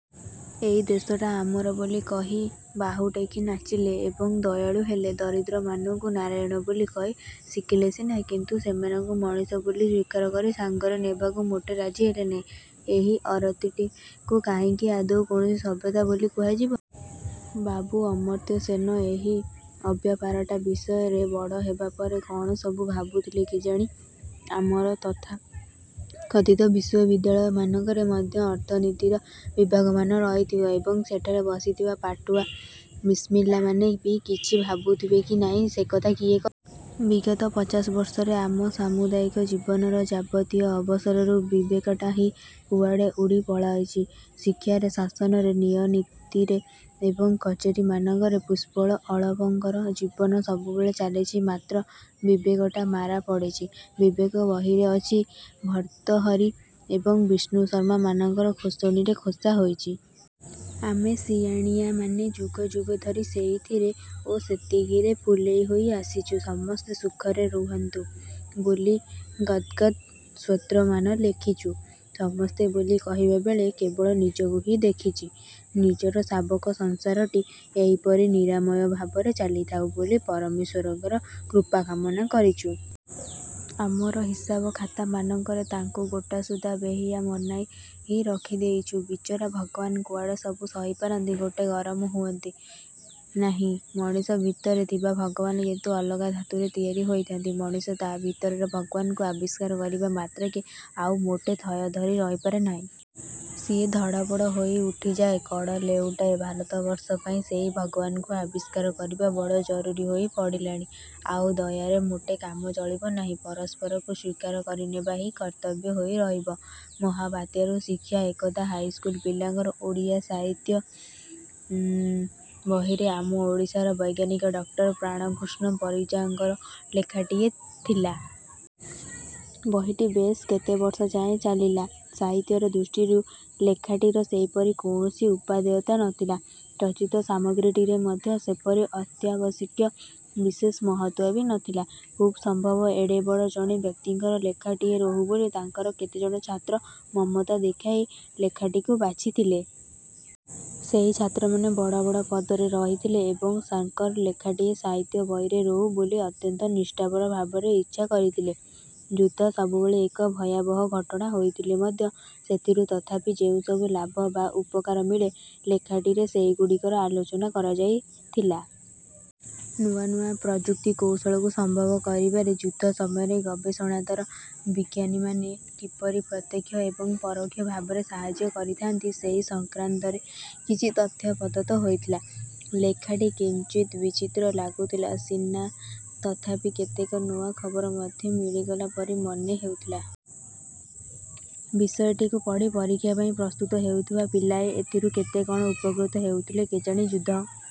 ଏହି ଦେଶଟା ଆମର ବୋଲି କହି ବାହୁ ଟେକି ନାଚିଲେ। ଏବଂ ଦୟାଳୁ ହେଲେ-। ଦରିଦ୍ରମାନଙ୍କୁ ନାରାୟଣ ବୋଲି କହି ଶିଖିଲେ ସିନା, କିନ୍ତୁ ସେମାନଙ୍କୁ ମଣିଷ ବୋଲି ସ୍ୱୀକାର କରି ସାଙ୍ଗରେ ନେବାକୁ ମୋଟେ ରାଜି ହେଲେ ନାହିଁ। ଏହି ଅରୀତିଟାକୁ କାହିଁକି ଆଦୌ କୌଣସି ସଭ୍ୟତା ବୋଲି କୁହାଯିବ? ବାବୁ ଅମର୍ତ୍ତ୍ୟ ସେନ ଏହି ଅବ୍ୟାପାରଟା ବିଷୟରେ ବଡ଼ ହେବା ପରେ କ'ଣ ସବୁ ଭାବୁଥିବେ କେଜାଣି? ଆମର ତଥାକଥିତ ବିଶ୍ୱବିଦ୍ୟାଳୟ ମାନଙ୍କରେ ମଧ୍ୟ ଅର୍ଥନୀତିର ବିଭାଗମାନ ରହିଥିବ। ଏବଂ, ସେଠାରେ ବସିଥିବା ପାଠୁଆ ବିସ୍ମିଲ୍ଲାମାନେ ବି କିଛି ଭାବୁଥିବେ କି ନାହିଁ, ସେକଥା କିଏ କହିବ? ବିଗତ ପଚାଶ ବର୍ଷରେ ଆମ ସାମୁଦାୟିକ ଜୀବନର ଯାବତୀୟ ଅବସରରୁ ବିବେକଟା ହିଁ କୁଆଡ଼େ ଉଡ଼ି ପଳାଇଛି। ଶିକ୍ଷାରେ, ଶାସନରେ, ନ୍ୟାୟନୀତିରେ ଏବଂ କଚେରୀମାନଙ୍କରେ ପୁଷ୍ପଳ ଅଳପଙ୍କର ଜୀବନ ସବୁବେଳେ ଚାଲିଛି। ମାତ୍ର ବିବେକଟା ମାରା ପଡ଼ିଛି। ବିବେକ ବହିରେ ଅଛି, ଭର୍ତ୍ତୃହରି ଏବଂ ବିଷ୍ଣୁଶର୍ମା ମାନଙ୍କର ଖୋସଣିରେ ଖୋସା ହୋଇଛି। ଆମେ ସିଆଣିଆମାନେ ଯୁଗ ଯୁଗ ଧରି ସେଇଥିରେ ଓ ସେତିକିରେ ଫୁଲେଇ ହୋଇ ଆସିଛୁ। ସମସ୍ତେ ସୁଖରେ ରହନ୍ତୁ ବୋଲି ଗଦ୍ଗଦ୍ ସ୍ତ୍ରୋତ୍ରମାନ ଲେଖିଛୁ। ସମସ୍ତେ ବୋଲି କହିବା ବେଳେ କେବଳ ନିଜକୁ ହିଁ ଦେଖିଛୁ, ନିଜର ଶାବକ-ସଂସାରଟି ଏହିପରି ନିରାମୟ ଭାବରେ ଚାଲିଥାଉ ବୋଲି ପରମେଶ୍ୱରଙ୍କର କୃପାକାମନା କରିଛୁ। ଆମର ହିସାବଖାତାମାନଙ୍କରେ ତାଙ୍କୁ ଗୋଟାସୁଦ୍ଧା ବେହିଆ ବନାଇ ରଖିଦେଇଛୁ। ବିଚରା ଭଗବାନ କୁଆଡ଼େ ସବୁ ସହିପାରନ୍ତି। ମୋଟେ ଗରମ ହୁଅନ୍ତି ନାହିଁ। ମଣିଷ ଭିତରେ ଥିବା ଭଗବାନ କିନ୍ତୁ ଅଲଗା ଧାତୁରେ ତିଆରି ହୋଇଥାନ୍ତି। ମଣିଷ ତା' ଭିତରର ଭଗବାନଙ୍କୁ ଆବିଷ୍କାର କରିବା ମାତ୍ରକେ ଆଉ ମୋଟେ ଥୟ ଧରି ରହିପାରେ ନାହିଁ। ସିଏ ଧଡ଼ପଡ଼ ହୋଇ ଉଠିଯାଏ। କଡ଼ ଲେଉଟାଏ। ଭାରତବର୍ଷ ପାଇଁ ସେହି ଭଗବାନଙ୍କୁ ଆବିଷ୍କାର କରିବା ବଡ଼ ଜରୁରୀ ହୋଇ ପଡ଼ିଲାଣି। ଆଉ ଦୟାରେ ମୋଟେ କାମ ଚଳିବ ନାହିଁ। ପରସ୍ପରକୁ ସ୍ୱୀକାର କରିନେବା ହିଁ କର୍ତ୍ତବ୍ୟ ହୋଇ ରହିବ। ମହାବାତ୍ୟାରୁ ଶିକ୍ଷା ଏକଦା ହାଇସ୍କୁଲ ପିଲାଙ୍କର ଓଡ଼ିଆ ସାହିତ୍ୟ ବହିରେ ଆମ ଓଡ଼ିଶାର ବୈଜ୍ଞାନିକ ଡ଼କ୍ଟର ପ୍ରାଣକୃଷ୍ଣ ପରିଜାଙ୍କର ଲେଖାଟିଏ ଥିଲା। ବହିଟି ବେଶ୍ କେତେବର୍ଷ ଯାଏ ଚାଲିଲା। ସାହିତ୍ୟର ଦୃଷ୍ଟିରୁ ଲେଖାଟିର ସେପରି କୌଣସି ଉପାଦେୟତା ନଥିଲା। ଚର୍ଚ୍ଚିତ ସାମଗ୍ରୀଟିରେ ମଧ୍ୟ ସେପରି ଅତ୍ୟାବଶ୍ୟକ ବିଶେଷ ମହତ୍ତ୍ୱ ବି ନଥିଲା। ଖୁବ୍ ସମ୍ଭବ ଏଡ଼େ ବଡ଼ ଜଣେ ବ୍ୟକ୍ତିଙ୍କର ଲେଖାଟିଏ ରହୁ ବୋଲି ତାଙ୍କର କେତେଜଣ ଛାତ୍ର ମମତା ଦେଖାଇ ଲେଖାଟିକୁ ବାଛିଥିଲେ। ସେହି ଛାତ୍ରମାନେ ବଡ଼ ବଡ଼ ପଦରେ ରହିଥିଲେ ଏବଂ ସାର୍ଙ୍କର ଲେଖାଟିଏ ସାହିତ୍ୟ ବହିରେ ରହୁ ବୋଲି ଅତ୍ୟନ୍ତ ନିଷ୍ଠାପର ଭାବରେ ଇଚ୍ଛା କରିଥିଲେ। ଯୁଦ୍ଧ ସବୁବେଳେ ଏକ ଭୟାବହ ଘଟଣା ହୋଇଥିଲେ ମଧ୍ୟ ସେଥିରୁ ତଥାପି ଯେଉଁସବୁ ଲାଭ ବା ଉପକାର ମିଳେ, ଲେଖାଟିରେ ସେହିଗୁଡ଼ିକର ଆଲୋଚନା କରାଯାଇଥିଲା। ନୂଆ ନୂଆ। ପ୍ରଯୁକ୍ତି-କୌଶଳକୁ ସମ୍ଭବ କରିବାରେ ଯୁଦ୍ଧ ସମୟରେ ଗବେଷଣାରତ ବିଜ୍ଞାନୀମାନେ କିପରି ପ୍ରତ୍ୟକ୍ଷ ଏବଂ ପରୋକ୍ଷ ଭାବରେ ସାହାଯ୍ୟ କରିଥାଆନ୍ତି, ସେହି ସଂକ୍ରାନ୍ତରେ କିଛି ତଥ୍ୟ ପ୍ରଦତ୍ତ ହୋଇଥିଲା। ଲେଖାଟି କିଞ୍ଚିତ୍ ବିଚିତ୍ର ଲାଗୁଥିଲା ସିନା, ତଥାପି କେତେକ ନୂଆ ଖବର ମଧ୍ୟ ମିଳିଗଲା ପରି ମନେ ହେଉଥିଲା। ବିଷୟଟିକୁ ପଢ଼ି ପରୀକ୍ଷା ପାଇଁ ପ୍ରସ୍ତୁତ ହେଉଥିବା ପିଲାଏ ଏଥିରୁ କେତେ କ'ଣ ଉପକୃତ ହେଉଥିଲେ କେଜାଣି? ଯୁଦ୍ଧ